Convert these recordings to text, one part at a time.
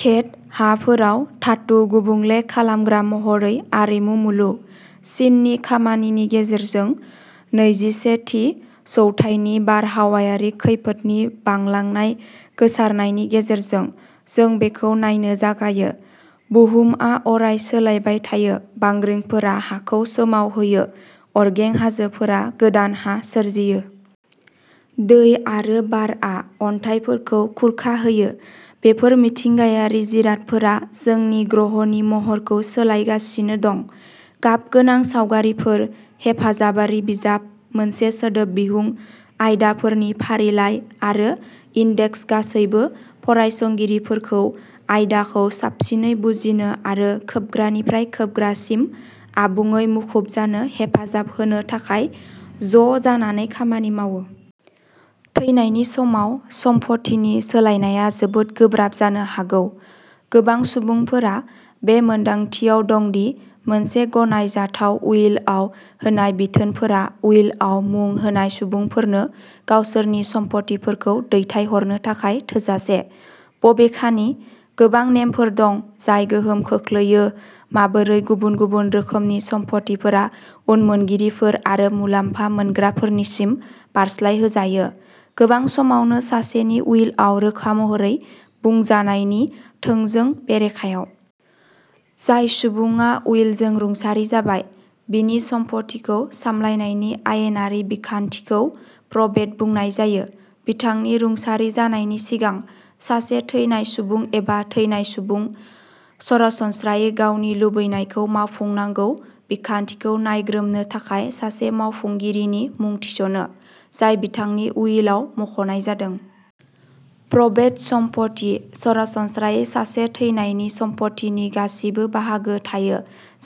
घेट' हाफोराव धातु गुबुंले खालामग्रा महरै आरिमु मुलुग। चिननि खामानिनि गेजेरजों, नैजिसे थि जौथाइनि बारहावायारि खैफोदनि बांलांनाय गोसारनायनि गेजेरजों, जों बेखौ नायनो जागायो। बुहुमआ अराय सोलायबाय थायो। बांग्रिफोरा हाखौ सोमावहोयो। अरगें हाजोफोरा गोदान हा सोरजियो। दै आरो बारआ अन्थाइफोरखौ खुरखाहोयो। बेफोर मिथिंगायारि जिरादफोरा जोंनि ग्रहनि महरखौ सोलायगासिनो दं। गाबगोनां सावगारिफोर, हेफाजाबारि बिजाब, मोनसे सोदोब बिहुं, आयदाफोरनि फारिलाइ आरो इन्डेक्स गासैबो फरायसंगिरिफोरखौ आयदाखौ साबसिनै बुजिनो आरो खोबग्रानिफ्राय खोबग्रासिम आबुङै मुखुब जानो हेफाजाब होनो थाखाय ज' जानानै खामानि मावो। थैनायनि समाव सम्पथिनि सोलायनाया जोबोद गोब्राब जानो हागौ। गोबां सुबुंफोरा बे मोनदांथियाव दं दि मोनसे गनायजाथाव उइलआव होनाय बिथोनफोरा उइलआव मुं होनाय सुबुंफोरनो गावसोरनि सम्पथिफोरखौ दैथायहरनो थाखाय थोजासे। बबेखानि, गोबां नेमफोर दं जाय गोहोम खोख्लैयो माबोरै गुबुन-गुबुन रोखोमनि सम्पथिफोरा उनमोनगिरिफोर आरो मुलाम्फा मोनग्राफोरनिसिम बारस्लायहोजायो, गोबां समावनो सासेनि उइलआव रोखा महरै बुंजानायनि थोंजों बेरेखायाव। जाय सुबुङा उइलजों रुंसारि जाबाय, बिनि सम्फथिखौ सामलायनायनि आयेनारि बिखान्थिखौ प्रबेट बुंनाय जायो। बिथांनि रुंसारि जानायनि सिगां, सासे थैनाय सुबुं एबा थैनाय सुबुं, सरासनस्रायै गावनि लुबैनायखौ मावफुंनांगौ बिखान्थिखौ नायग्रोमनो थाखाय सासे मावफुंगिरिनि मुं थिसनो, जाय बिथांनि उइलआव मख'नाय जादों। प्रबेट सम्पथि, सरासनस्रायै सासे थैनायनि सम्पथिनि गासिबो बाहागो थायो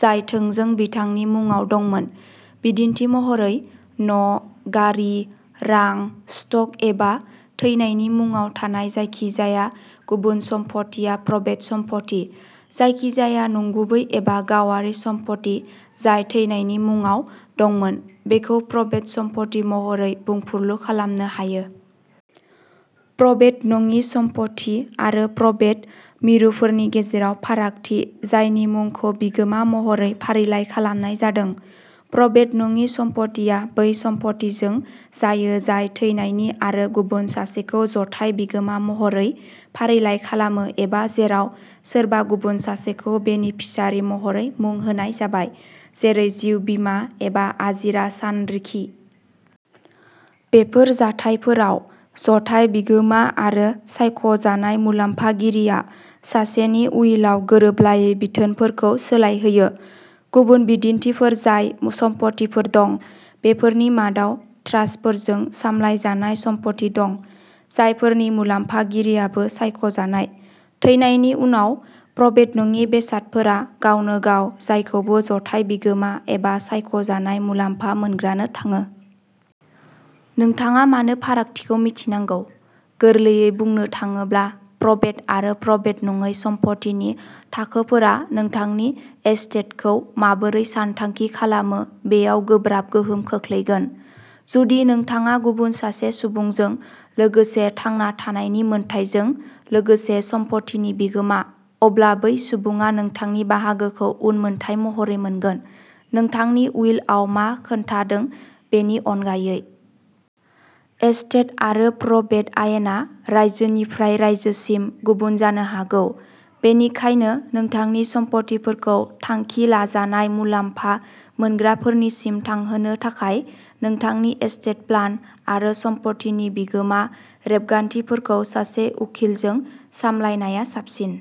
जाय थोंजों बिथांनि मुङाव दंमोन। बिदिन्थि महरै, न', गारि, रां, स्टक एबा थैनायनि मुंआव थानाय जायखिजाया गुबुन सम्फथिया प्रबेट सम्पथि। जायखिजाया नंगुबै एबा गावारि सम्पथि जाय थैनायनि मुंआव दंमोन, बेखौ प्रबेट सम्पथि महरै बुंफुरलु खालामनो हायो। प्रबेट नङि सम्पथि आरो प्रबेट मिरुफोरनि गेजेराव फारागथि जायनि मुंखौ बिगोमा महरै फारिलाइ खालामनाय जादों। प्रबेट नङि सम्पथिआ बै सम्पथिजों जायो जाय थैनायनि आरो गुबुन सासेखौ जथाय बिगोमा महरै फारिलाइ खालामो एबा जेराव सोरबा गुबुन सासेखौ बेनिफिसारि महरै मुं होनाय जाबाय, जेरै जिउ बीमा एबा आजिरा सानरिखि। बेफोर जाथायफोराव, जथाय बिगोमा आरो सायख'जानाय मुलाम्फागिरिया सासेनि उइलआव गोरोबलायै बिथोनफोरखौ सोलायहोयो। गुबुन बिदिन्थिफोर जाय सम्फथिफोर दं, बेफोरनि मादाव ट्रास्टफोरजों सामलायजानाय सम्फथि दं, जायफोरनि मुलाम्फागिरियाबो सायख'जानाय। थैनायनि उनाव, प्रबेट नङि बेसादफोरा गावनो गाव जायखौबो जथाय बिगोमा एबा सायख' जानाय मुलाम्फा मोनग्रानो थाङो। नोंथाङा मानो फारागथिखौ मिथिनांगौ? गोरलैयै बुंनो थाङोब्ला, प्रबेट आरो प्रबेट नङै सम्पथिनि थाखोफोरा नोंथांनि एस्टेटखौ माबोरै सानथांखि खालामो बेयाव गोब्राब गोहोम खोख्लैगोन। जुदि नोंथाङा गुबुन सासे सुबुंजों लोगोसे थांना थानायनि मोन्थाइजों लोगोसे सम्पथिनि बिगोमा, अब्ला बै सुबुङा नोंथांनि बाहागोखौ उनमोनथाइ महरै मोनगोन, नोंथांनि उइलआव मा खोन्थादों बेनि अनगायै। एस्टेट आरो प्रबेट आयेना रायजोनिफ्राय रायजोसिम गुबुन जानो हागौ, बेनिखायनो नोंथांनि सम्पथिफोरखौ थांखि लाजानाय मुलाम्फा मोनग्राफोरनिसिम थांहोनो थाखाय नोंथांनि एस्टेट प्लान आरो सम्पथिनि बिगोमा रेबगान्थिफोरखौ सासे उखिलजों सामलायनाया साबसिन।